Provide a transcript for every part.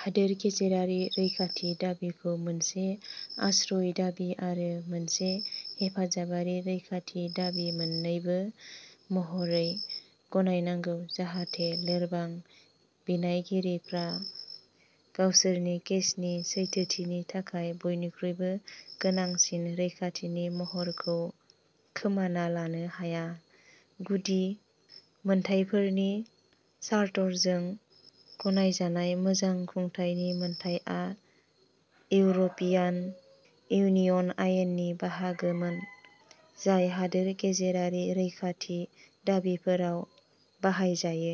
हादोर गेजेरारि रैखाथि दाबिखौ मोनसे आश्रय दाबि आरो मोनसे हेफाजाबारि रैखाथि दाबि मोन्नैबो महरै गनायनांगौ जाहाथे लोरबां बिनायगिरिफ्रा गावसोरनि केसनि सैथोथिनि थाखाय बयनिख्रुइबो गोनांसिन रैखाथिनि महरखौ खोमाना लानो हाया। गुदि मोनथायफोरनि चार्टरजों गनायजानाय मोजां खुंथायनि मोन्थाइआ इउर' पियान इउनियन आयेननि बाहागोमोन जाय हादोर गेजेरारि रैखाथि दाबिफोराव बाहायजायो।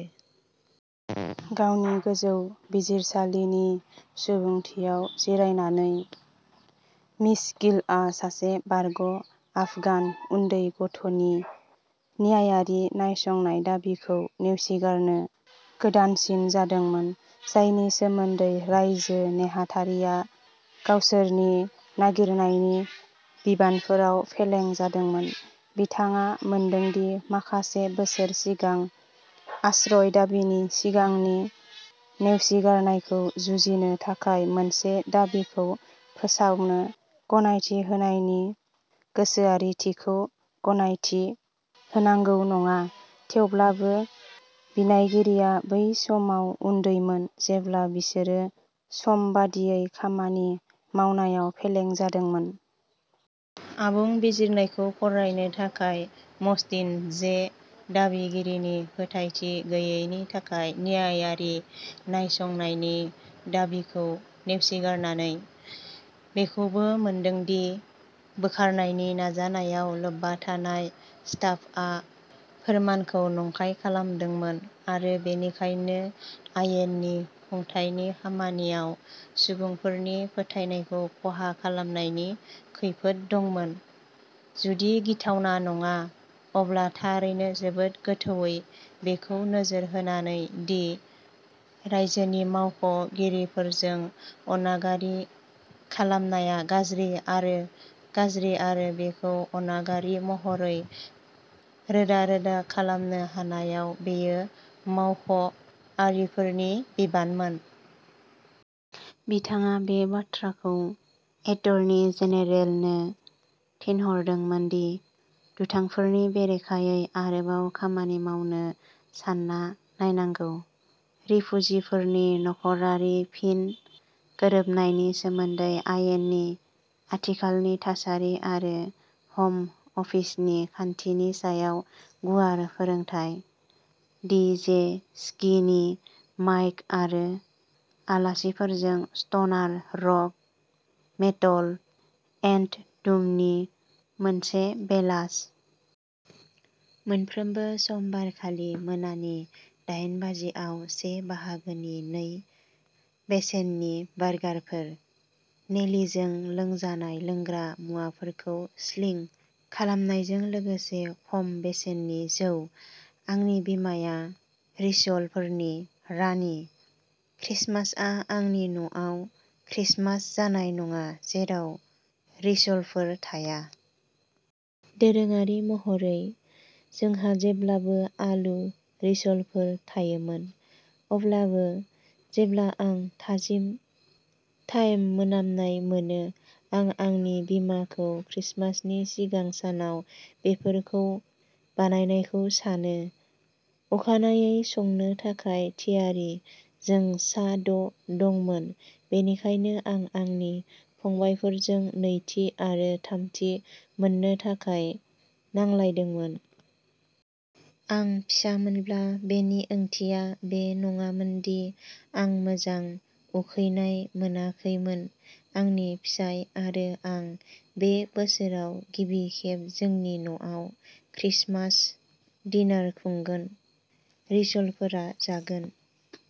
गावनि गोजौ बिजिरसालिनि सुबुंथियाव जिरायनानै, मिस गिलआ सासे बारग' आफगान उन्दै गथ'नि न्यायारि नायसंनाय दाबिखौ नेवसिगारनो गोदानसिन जादोंमोन, जायनि सोमोन्दै रायजो नेहाथारिया गावसोरनि नागिरनायनि बिबानफोराव फेलें जादोंमोन। बिथाङा मोनदों दि माखासे बोसोर सिगां आश्रय दाबिनि सिगांनि नेवसिगारनायखौ जुजिनो थाखाय मोनसे दाबिखौ फोसाबनो गनायथि होनायनि गोसोआरिथिखौ गनायथि होनांगौ नङा, थेवब्लाबो बिनायगिरिया बै समाव उन्दैमोन जेब्ला बिसोरो सम बादियै खामानि मावनायाव फेलें जादोंमोन। आबुं बिजिरनायखौ फरायनो थाखाय, मस्टिन जे, दाबिगिरिनि फोथायथि गैयैनि थाखाय न्यायारि नायसंनायनि दाबिखौ नेवसिगारनानै, बेखौबो मोनदों दि बोखारनायनि नाजानायाव लोब्बा थानाय स्टाफआ फोरमानखौ नंखाय खालामदोंमोन आरो बेनिखायनो आयेननि खुंथायनि खामानियाव सुबुंफोरनि फोथायनायखौ खहा खालामनायनि खैफोद दंमोन, जुदि गिथावना नङा, अब्ला थारैनो जोबोद गोथौवै, बेखौ नोजोर होनानै दि रायजोनि मावख' गिरिफोरजों अनागारि खालामनाया गाज्रि आरो गाज्रि आरो बेखौ अनागारि महरै रोदा-रोदा खालामनो हानायाव बेयो मावख'आरिफोरनि बिबानमोन। बिथाङा बे बाथ्राखौ एटर्नी जेनेरेलनो थिनहरदोंमोन दि दुथांफोरनि बेरेखायै आरोबाव खामानि मावनो सानना नायनांगौ। रिफुजिफोरनि नखरारि फिन गोरोबनायनि सोमोन्दै आयेननि आथिखालनि थासारि आरो हम अफिसनि खान्थिनि सायाव गुवार फोरोंथाय। डि जे स्किनि माइक आरो आलासिफोरजों स्ट'नार रक, मेटल, एन्ड डुमनि मोनसे बेलास। मोनफ्रोमबो समबार खालि मोनानि दायेन बाजि आव से बाहागोनि नै बेसेननि बार्गारफोर। नेलिजों लोंजानाय लोंग्रा मुवाफोरखौ स्लिं खालामनायजों लोगोसे खम बेसेननि जौ। आंनि बिमाया रिस'लफोरनि रानि। क्रिसमासआ आंनि न'आव क्रिसमास जानाय नङा जेराव रिस'लफोर थाया। दोरोङारि महरै, जोंहा जेब्लाबो आलु रिस'लफोर थायोमोन। अब्लाबो, जेब्ला आं थाजिम थाइम मोनामनाय मोनो, आं आंनि बिमाखौ क्रिसमासनि सिगां सानाव बेफोरखौ बानायनायखौ सानो, अखानायै संनो थाखाय थियारि। जों सा द' दंमोन, बेनिखायनो आं आंनि फंबायफोरजों नैथि आरो थामथि मोननो थाखाय नांलायदोंमोन। आं फिसामोनब्ला बेनि ओंथिया बे नङामोन दि आं मोजां उखैनाय मोनाखैमोन आंनि फिसाय आरो आं बे बोसोराव गिबि खेब जोंनि न'आव क्रिसमास डिनर खुंगोन, रिस'लफोरा जागोन।